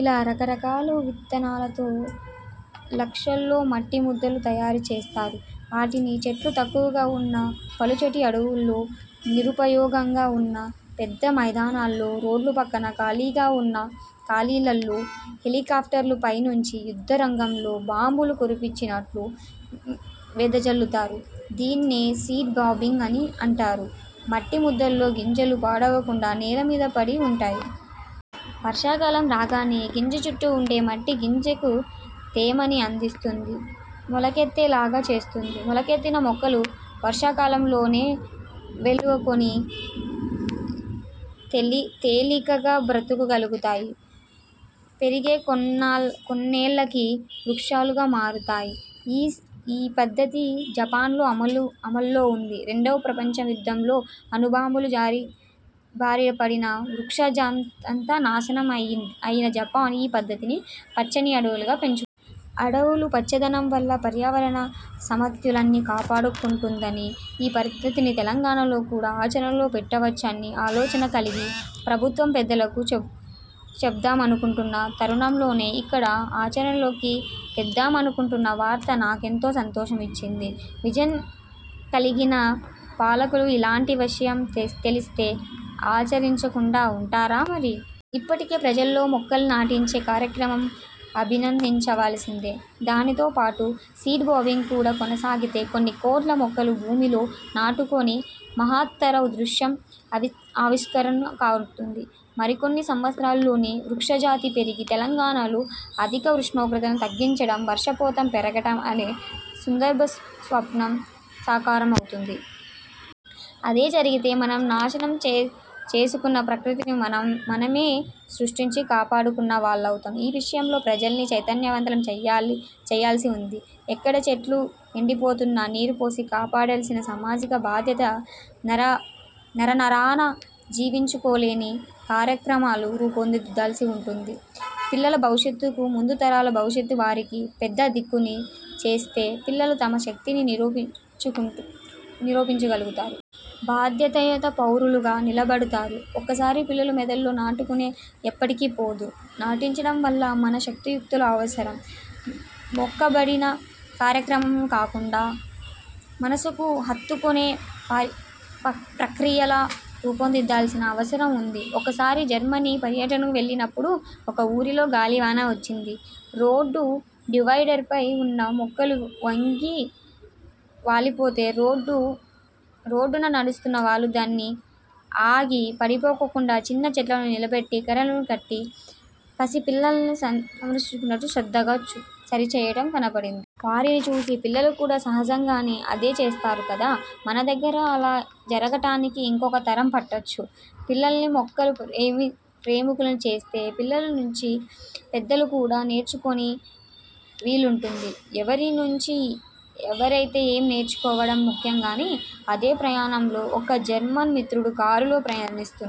ఇలా రకరకాల విత్తనాలతో లక్షల్లో మట్టి ముద్దలు తయారుచేస్తారు. వాటిని చెట్లు తక్కువగా వున్న పలుచటి అడవుల్లో, నిరుపయోగంగా వున్న పెద్ద మైదానాల్లో, రోడ్ల పక్కన ఖాళీల్లో హెలికాఫ్టర్లతో పైనుంచే యుద్ధరంగంలో బాంబులు కురిపిస్తున్నట్లు వెదజల్లుతారు. దీన్నే 'సీడ్ బాంబింగ్' అంటారు. మట్టి ముద్దల్లో గింజలు పాడవకుండా నేలమీద పడి వుంటాయి. వర్షాకాలం రాంగానే గింజ చుట్టూ వుండే మట్టి గింజకు తేమని అందిస్తుంది. మొలకెత్తే లాగా చేస్తుంది. మొలకెత్తిన మొక్కలు వర్షాకాలం నేలలో వేళ్ళూనుకొని తేలికగా బ్రతుకగలుగుతాయి. పెరిగి కొన్నేళ్ళకి వృక్షాలుగా మారుతాయి. ఈ పద్ధతి జపాన్లో అమల్లో వుంది. రెండవ ప్రపంచ యుద్ధంలో అణుబాంబుల బారినపడి వృక్షజాతంతా నాశనం అయిన జపాన్ ఈ పద్ధతితో పచ్చని అడవుల్ని పెంచుకుంటోంది. అడవులూ, పచ్చదనం వల్ల పర్యావరణ సమతుల్యాన్ని కాపాడుకుంటోంది. ఈ పద్ధతిని తెలంగాణలో కూడా ఆచరణలో పెట్టవచ్చన్న ఆలోచన కలిగి, ప్రభుత్వ పెద్దలకు చెబుదామనుకుంటున్న తరుణంలో, ఇక్కడా ఆచరణలోకి తెద్దామనుకుంటున్న వార్త నాకెంతో సంతోషాన్నిచ్చింది. విజన్ కలిగిన పాలకులు ఇలాంటి విషయం తెలిస్తే ఆచరించకుండా ఉంటారా మరి! ఇప్పటికే ప్రజలతో మొక్కలు నాటించే కార్యక్రమం అభినందించవలసిందే. దానితో పాటుగా సీడ్ బాంబింగ్ కూడా కొనసాగితే కొన్ని కోట్ల మొక్కలు భూమిలో నాటుకొనే మహత్తర దృశ్యం ఆవిష్కృతం కానుంది. మరికొన్ని సంవత్సరాలలోనే వృక్షజాతి పెరిగి, తెలంగాణలో అధిక ఉష్ణోగ్రతలు తగ్గడం, వర్షపాతం పెరగడం అనే సుందర స్వప్నం సాకారమవుతుంది. అదే జరిగితే మనం నాశనం చేసుకొన్న ప్రకృతిని మనమే సృష్టించి కాపాడుకొన్న వాళ్ళమవుతాం. ఈ విషయంలో ప్రజల్ని చైతన్యవంతం చెయ్యాల్సి వుంది. ఎక్కడ చెట్టు ఎండిపోతున్నా నీరుపోసి కాపాడుకోవాల్సిన సామాజిక బాధ్యత నరనరానా జీర్ణించుకొనేలా కార్యక్రమాలు రూపుదిద్దుకోవాల్సి వుంది. పిల్లల భవిష్యత్తుకీ, ముందుతరాల బాధ్యతకీ వారినే పెద్ద దిక్కుని చేస్తే పిల్లలు తమ శక్తిని నిరూపించుకోగలుగుతారు. బాధ్యతాయుత పౌరులుగా నిలబడతారు. ఒక్కసారి పిల్లల మెదళ్ళలో నాటుకొంటే ఎప్పటికీ పోదు. నాటించడంలోనే మన శక్తియుక్తులు అవసరం. మొక్కుబడి కార్యక్రమంలా కాకుండా మనసుకి హత్తుకొనే ప్రక్రియలా రూపుదిద్దాల్సిన అవసరం వుంది. ఒకసారి జర్మనీ పర్యటనకు వెళ్ళినప్పుడు ఒక ఊరిలో గాలివాన వచ్చింది. రోడ్డు డివైడర్ పైన వున్న మొక్కలు వంగి వాలిపోతే రోడ్డున నడుస్తున్న వాళ్ళు ఆగి పడిపోయిన చిన్న చెట్లను నిలబెట్టి కర్రలకు కట్టి పసిపిల్లల్ని సంరక్షించినట్లు శ్రద్ధగా సరిచెయ్యడం కనబడింది. వారిని చూసి పిల్లలు కూడా సహజంగా అదే చేస్తారు కదా. మనదగ్గర అలా జరగడానికి ఇంకొక తరం పట్టొచ్చు పిల్లల్ని మొక్కల ప్రేమికుల్ని చేస్తే! పిల్లల నుంచీ పెద్దలు కూడా నేర్చుకొనే వీలుంటుంది. ఎవరి నుంచి ఎవరయితే ఏం నేర్చుకోవడం ముఖ్యంగానీ. అదే ప్రయాణంలో ఒక జర్మన్ మిత్రుడి కారులో ప్రయాణిస్తున్నాం.